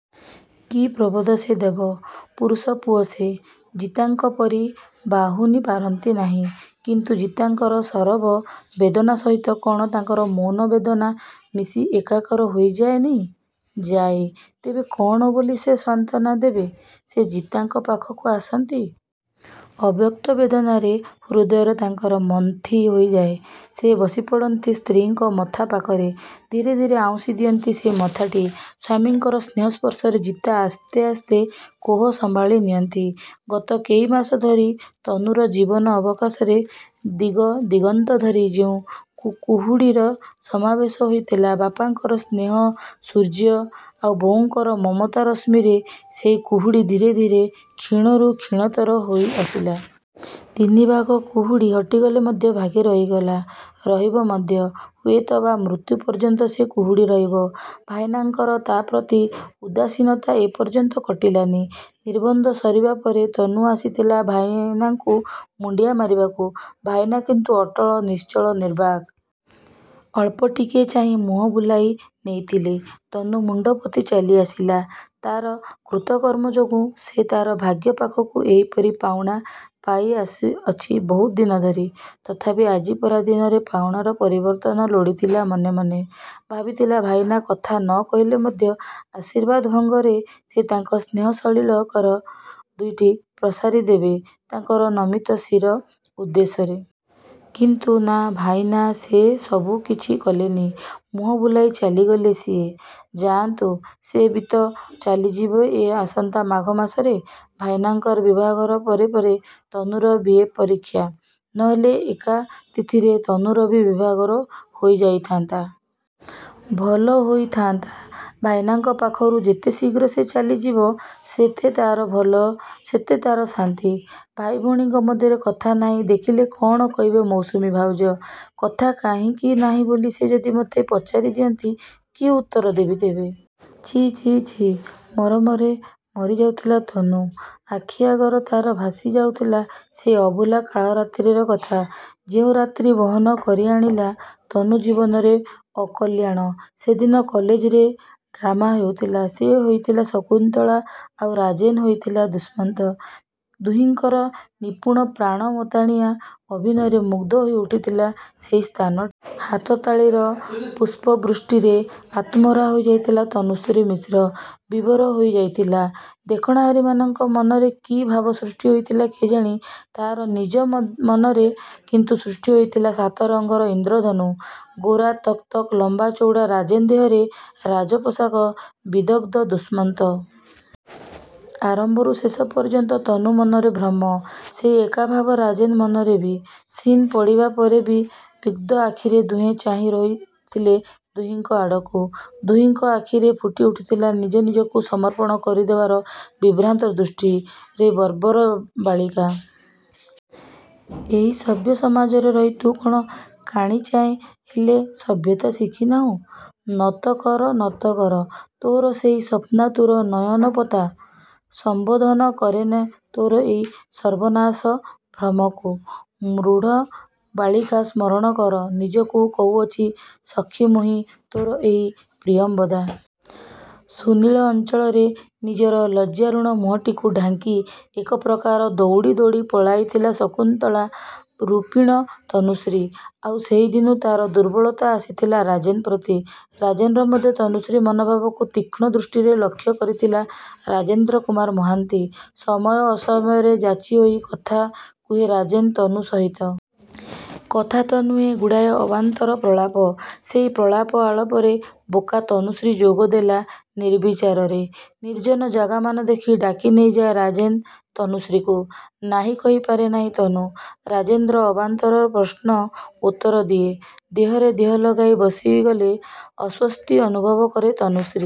କି ପ୍ରବୋଧ ସେ ଦେବେ? ପୁରୁଷ ପୁଅ ସେ, ଜିତାଙ୍କ ପରି ବାହୁନିପାରନ୍ତି ନାହିଁ; କିନ୍ତୁ ଜିତାଙ୍କର ସରବ ବେଦନା ସହିତ କ'ଣ ତାଙ୍କର ମଉନ ବେଦନା ମିଶି ଏକାକାର ହୋଇଯାଏନି? ଯାଏ। ତେବେ କ'ଣ ବୋଲି ସେ ସାନ୍ତ୍ୱନା ଦେବେ? ସେ ଜିତାଙ୍କ ପାଖକୁ ଆସନ୍ତି। ଅବ୍ୟକ୍ତ ବେଦନାରେ ହୃଦୟ ତାଙ୍କର ମନ୍ଥି ହୋଇଯାଏ। ସେ ବସିପଡ଼ନ୍ତି ସ୍ତ୍ରୀଙ୍କ ମଥା ପାଖରେ। ଧୀରେ ଧୀରେ ଆଉଁସି ଦିଅନ୍ତି ସେଇ ମଥାଟି। ସ୍ୱାମୀଙ୍କର ସ୍ନେହ ସ୍ପର୍ଶରେ ଜିତା ଆସ୍ତେ ଆସ୍ତେ କୋହ ସମ୍ଭାଳି ନିଅନ୍ତି। ଗତ କେଇମାସ ଧରି ତନୁର ଜୀବନ ଆକାଶରେ ଦିଗ ଦିଗନ୍ତ ଧରି ଯେଉଁ କୁହୁଡ଼ିର ସମାବେଶ ହୋଇଥିଲା ବାପାଙ୍କର ସ୍ନେହ ସୂର୍ଯ୍ୟ, ଆଉ ବୋଉଙ୍କର ମମତା ରଶ୍ମିରେ ସେଇ କୁହୁଡ଼ି ଧୀରେ ଧୀରେ କ୍ଷୀଣରୁ କ୍ଷୀଣତର ହୋଇଆସିଲା। ତିନିଭାଗ କୁହୁଡ଼ି କଟିଗଲେ ମଧ୍ୟ ଭାଗେ ରହିଗଲା। ରହିବ ମଧ୍ୟ। ହୁଏତ ବା, ମୃତ୍ୟୁ ପର୍ଯ୍ୟନ୍ତ ସେ କୁହୁଡ଼ି ରହିବ। ଭାଇନାଙ୍କର ତା' ପ୍ରତି ଉଦାସୀନତା ଏପର୍ଯ୍ୟନ୍ତ କଟିଲାନି। ନିର୍ବନ୍ଧ ସରିବା ପରେ ତନୁ ଆସିଥିଲା ଭାଇନାଙ୍କୁ ମୁଣ୍ଡିଆ ମାରିବାକୁ। ଭାଇନା କିନ୍ତୁ ଅଟଳ, ନିଶ୍ଚଳ, ନିର୍ବାକ। ଅଳ୍ପଟିକିଏ ଚାହିଁ ମୁହଁବୁଲାଇ ନେଇଥିଲେ। ତନୁ ମୁଣ୍ଡପୋତି ଚାଲିଆସିଥିଲା। ତା'ର କୃତକର୍ମ ଯୋଗୁଁ ସେ ତା'ର ଭାଗ୍ୟ ପାଖକୁ ଏହିପରି ପାଉଣା ପାଇଆସୁଛି ବହୁଦିନ ଧରି। ତଥାପି ଆଜି ପରା ଦିନରେ ପାଉଣାର ପରିବର୍ତ୍ତନ ଲୋଡ଼ିଥିଲା ମନେ ମନେ। ଭାବିଥିଲା ଭାଇନା କଥା ନକହିଲେ ମଧ୍ୟ ଆଶୀର୍ବାଦ ଭଙ୍ଗୀରେ ସେ ତାଙ୍କର ସ୍ନେହ ଶୀତଳ କର ଦୁଇଟି ପ୍ରସାରି ଦେବେ ତା'ର ନମିତ ଶିର ଉଦ୍ଦେଶ୍ୟରେ। କିନ୍ତୁ ନା ଭାଇନା ସେ ସବୁ କିଛି କଲେନି। ମୁହଁ ବୁଲାଇ ଚାଲିଗଲେ ସିଏ। ଯାଆନ୍ତୁ। ସେ ବି ତ ଚାଲିଯିବ ଏଇ ଆସନ୍ତା ମାଘ ମାସରେ। ଭାଇନାଙ୍କ ବିଭାଘର ପରେ ପରେ ତନୁର ବି. ଏ. ପରୀକ୍ଷା। ନହେଲେ ଏକା ତିଥିରେ ତନୁର ବି ବିଭାଘର ହୋଇଯାଇଥାଆନ୍ତା। ଭଲ ହୋଇଥାଆନ୍ତା ଭାଇନାଙ୍କ ପାଖରୁ ଯେତେଶୀଘ୍ର ସେ ଚାଲିଯିବ ସେତେ ତା'ର ଭଲ ସେତେ ତା'ର ଶାନ୍ତି। ଭାଇଭଉଣୀଙ୍କ ମଧ୍ୟରେ କଥା ନାହିଁ ଦେଖିଲେ କ'ଣ କହିବେ ମୌସୁମୀ ଭାଉଜ। କଥା କାହିଁକି ନାହିଁ ବୋଲି ସେ ଯଦି ମତେ ପଚାରିଦିଅନ୍ତି, କି ଉତ୍ତର ଦେବି ତେବେ? ଛି, ଛି, ଛି। ମରମରେ ମରିଯାଉଥିଲା ତନୁ। ଆଖିଆଗର ତା'ର ଭାସିଯାଉଥିଲା ସେଇ ଅଭୁଲା କାଳରାତ୍ରି କଥା। ଯେଉଁ ରାତ୍ରୀ ବହନ କରିଆଣିଲା ତନୁ ଜୀବନରେ ଅକଲ୍ୟାଣ। ସେଦିନ କଲେଜରେ ଡ୍ରାମା ହେଉଥିଲା। ସେ ହୋଇଥିଲା ଶକୁନ୍ତଳା, ଆଉ ରାଜେନ୍ ହୋଇଥିଲା ଦୁଷ୍ମନ୍ତ। ଦୁହିଁଙ୍କର ନିପୁଣ ପ୍ରାଣ ମତାଣିଆ ଅଭିନୟରେ ମୁଗ୍ଧ ହୋଇଉଠିଥିଲା ସେଇ ସ୍ଥାନଟି। ହାତ ତାଳିର ପୁଷ୍ପ ବୃଷ୍ଟିରେ ଆତ୍ମହରା ହୋଇଯାଇଥିଲା ତନୁଶ୍ରୀ ମିଶ୍ର, ବିଭୋର ହୋଇଯାଇଥିଲା। ଦେଖଣାହାରୀଙ୍କ ମନରେ କି ଭାବ ସୃଷ୍ଟି ହୋଇଥିଲା କେଜାଣି ତା' ନିଜ ମନରେ କିନ୍ତୁ ସୃଷ୍ଟି ହୋଇଥିଲା ସାତରଙ୍ଗର ଇନ୍ଦ୍ରଧନୁ। ଗୋରା ତକ୍ ତକ୍ ଲମ୍ୱା ଚଉଡ଼ା ରାଜେନ୍ ଦେହରେ ରାଜପୋଷାକ ବିଦଗ୍ଧ ଦୁଷ୍ମନ୍ତ। ଆରମ୍ଭରୁ ଶେଷ ପର୍ଯ୍ୟନ୍ତ ତନୁ ମନରେ ଭ୍ରମ। ସେଇ ଏକାଭାବ ରାଜେନ୍ ମନରେ ବି। ସିନ୍ ପଡ଼ିବା ପରେ ବି ବିଗ୍ଧ ଆଖିରେ ଦୁହେଁ ଚାହିଁ ରହିଥିଲେ ଦୁହିଁଙ୍କ ଆଡ଼କୁ। ଦୁହିଁଙ୍କ ଆଖିରେ ଫୁଟିଉଠିଥିଲା ନିଜ ନିଜକୁ ସମର୍ପଣ କରିଦେବାର ବିଭ୍ରାନ୍ତ ଦୃଷ୍ଟି। ରେ ବର୍ବର ବାଳିକା! ଏହି ସଭ୍ୟ ସମାଜରେ ରହି ତୁ କ'ଣ କାଣିଚାଏ ହେଲେ ସଭ୍ୟତା ଶଖିନାହୁଁ? ନତ କର, ନତ କର ତୋର ସେହି ସ୍ୱାପ୍ନାତୁର ନୟନପତା। ସଂଶୋଧନ କରିନେ ତୋର ଏଇ ସର୍ବନାଶା ଭ୍ରମକୁ। ମୂଢ଼ ବାଳିକା ସମ୍ୱରଣ କର ନିଜକୁ କହୁଅଛି ସଖୀ ମୁହିଁ ତୋର ଏଇ ପ୍ରିୟମ୍ୱଦା। ସୁନୀଳ ଅଞ୍ଚଳରେ ନିଜର ଲଜ୍ଜାରୁଣ ମୁହଁଟିକୁ ଢାଙ୍କି ଏକପ୍ରକାର ଦଉଡ଼ି ଦଉଡ଼ି ପଳାଇଥିଲା ଶକୁନ୍ତଳା ରୁପିଣୀ ତନୁଶ୍ରୀ। ଆଉ ସେଇଦିନୁଁ ତା'ର ଦୁର୍ବଳତା ଆସିଥିଲା ରାଜେନ୍ ପ୍ରତି। ରାଜେନ୍ ର ମଧ୍ୟ। ତନୁଶ୍ରୀ ମନଭାବକୁ ତୀକ୍ଷ୍ଣ ଦୃଷ୍ଟିରେ ଲକ୍ଷ୍ୟ କରିଥିଲା ରାଜେନ୍ଦ୍ର କୁମାର ମହାନ୍ତି। ସମୟ ଅସମୟରେ ଯାଚିହୋଇ କଥା କୁହେ ରାଜେନ୍ ତନୁ ସହିତ। କଥା ତ ନୁହେଁ ଗୁଡ଼ାଏ ଅବାନ୍ତର ପ୍ରଳାପ। ସେଇ ପ୍ରଳାପ ଆଳାପରେ ବୋକା ତନୁଶ୍ରୀ ଯୋଗଦେଲା ନିର୍ବିଚାରରେ। ନିର୍ଜନ ଜାଗାମାନ ଦେଖି ଡାକିନେଇଯାଏ ରାଜେନ୍ ତନୁଶ୍ରୀକୁ। ନାହିଁ କରିପାରେନାହିଁ ତନୁ। ରାଜେନ୍ ର ଅବାନ୍ତର ପ୍ରଶ୍ନର ଉତ୍ତର ଦିଏ। ଦେହରେ ଦେହ ଲଗାଇ ବସିଗଲେ ଅସ୍ୱସ୍ତି ଅନୁଭବ କରେ ତନୁଶ୍ରୀ।